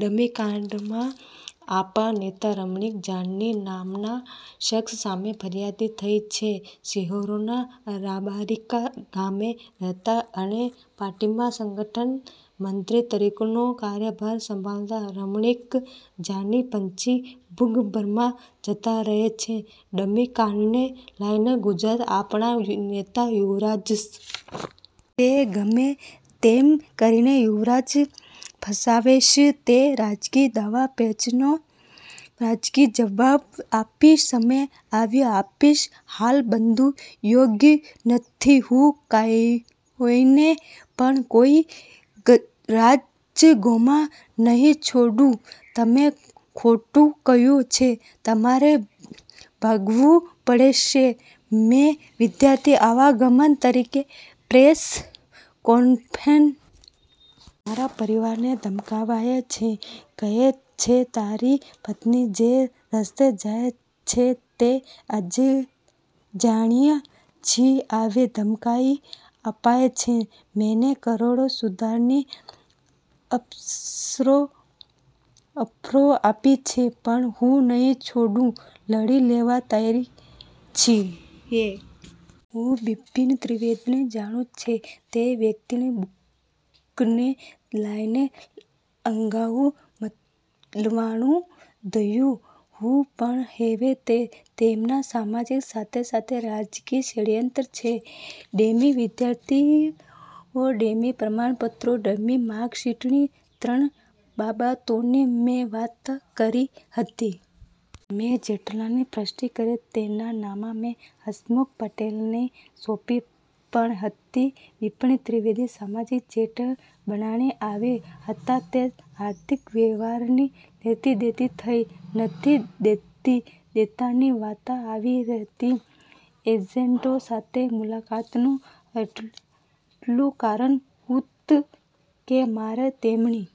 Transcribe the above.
ડમીકાંડમાં આપ નેતા રમણિક જાની નામના શખ્સ સામે ફરિયાદ થઈ છે. સિંહોરના રબારિકા ગામે રહેતા અને પાર્ટીમાં સંગઠન મંત્રી તરીકેનો કાર્યભાર સંભાળતા રમણિક જાનીપછી ભૂગર્ભમાં જતા રહ્યા છે. ડમી કાંડને લઈને ગુજરાત આપના નેતા યુવરાજસિંહ જાડેજા દ્વારા હાલમાંઘણા ખુલાસાઓ કરવામાં આવ્યા હતા. તે ગમે તેમ કરીને યુવરાજને ફસાવશે, તે રાજકીય દાવપેચનો રાજકીય જવાબ આપીશ. સમય આવ્યે આપીશ. હાલબધું યોગ્ય નથી. હું કોઈને પણ કોઈ સંજોગોમાં નહીં છોડું. તમે ખોટું કર્યું છે, તમારે ભોગવવુંપડશે. મેં વિદ્યાર્થી આગેવાન તરીકેપ્રેસ કોન્ફરન્સ કરી છે. મારા પરિવારને ધમકાવાય છે. કહે છે તારી પત્ની જે રસ્તે જાય છે તે અમે જાણીએ છીએ. આવી ધમકીઓ અપાય છે. મને કરોડ સુધીની ઓફરો આપી છે. પણ હું નહીં છોડું. લડી લેવા તૈયારછીએ. હુંબિપિન ત્રિવેદીને જાણું છું. તે વ્યક્તિની બુકને લઈને અગાઉ મળવાનું થયું હતું પણ હવે તે તેમના સામાજીક સાથે સાથે રાજકીય ષડયંત્ર છે. ડમી વિદ્યાર્થીઓ, ડમી પ્રમાણપત્રો, ડમી માર્કશીટની ત્રણ બાબતોની મેં વાત કરી હતી. મેં જેટલાની પૃષ્ટી કરી તેના નામ મેં હસમુખ પટેલને સોંપી પણ હતી. બિપિન ત્રિવેદી સામાજીક એજન્ટ બનીને આવ્યા હતા. તે આર્થિક વ્યવહારની લેતીદીતી થઈ નથી. લેતી દીતીની વાત આવી હતી. એજન્ટો સાથે મુલાકાતનું એટલુંકારણ હતું કે મારે તેમની પાસેથી માહિતીઓ કઢાવવાની હતી.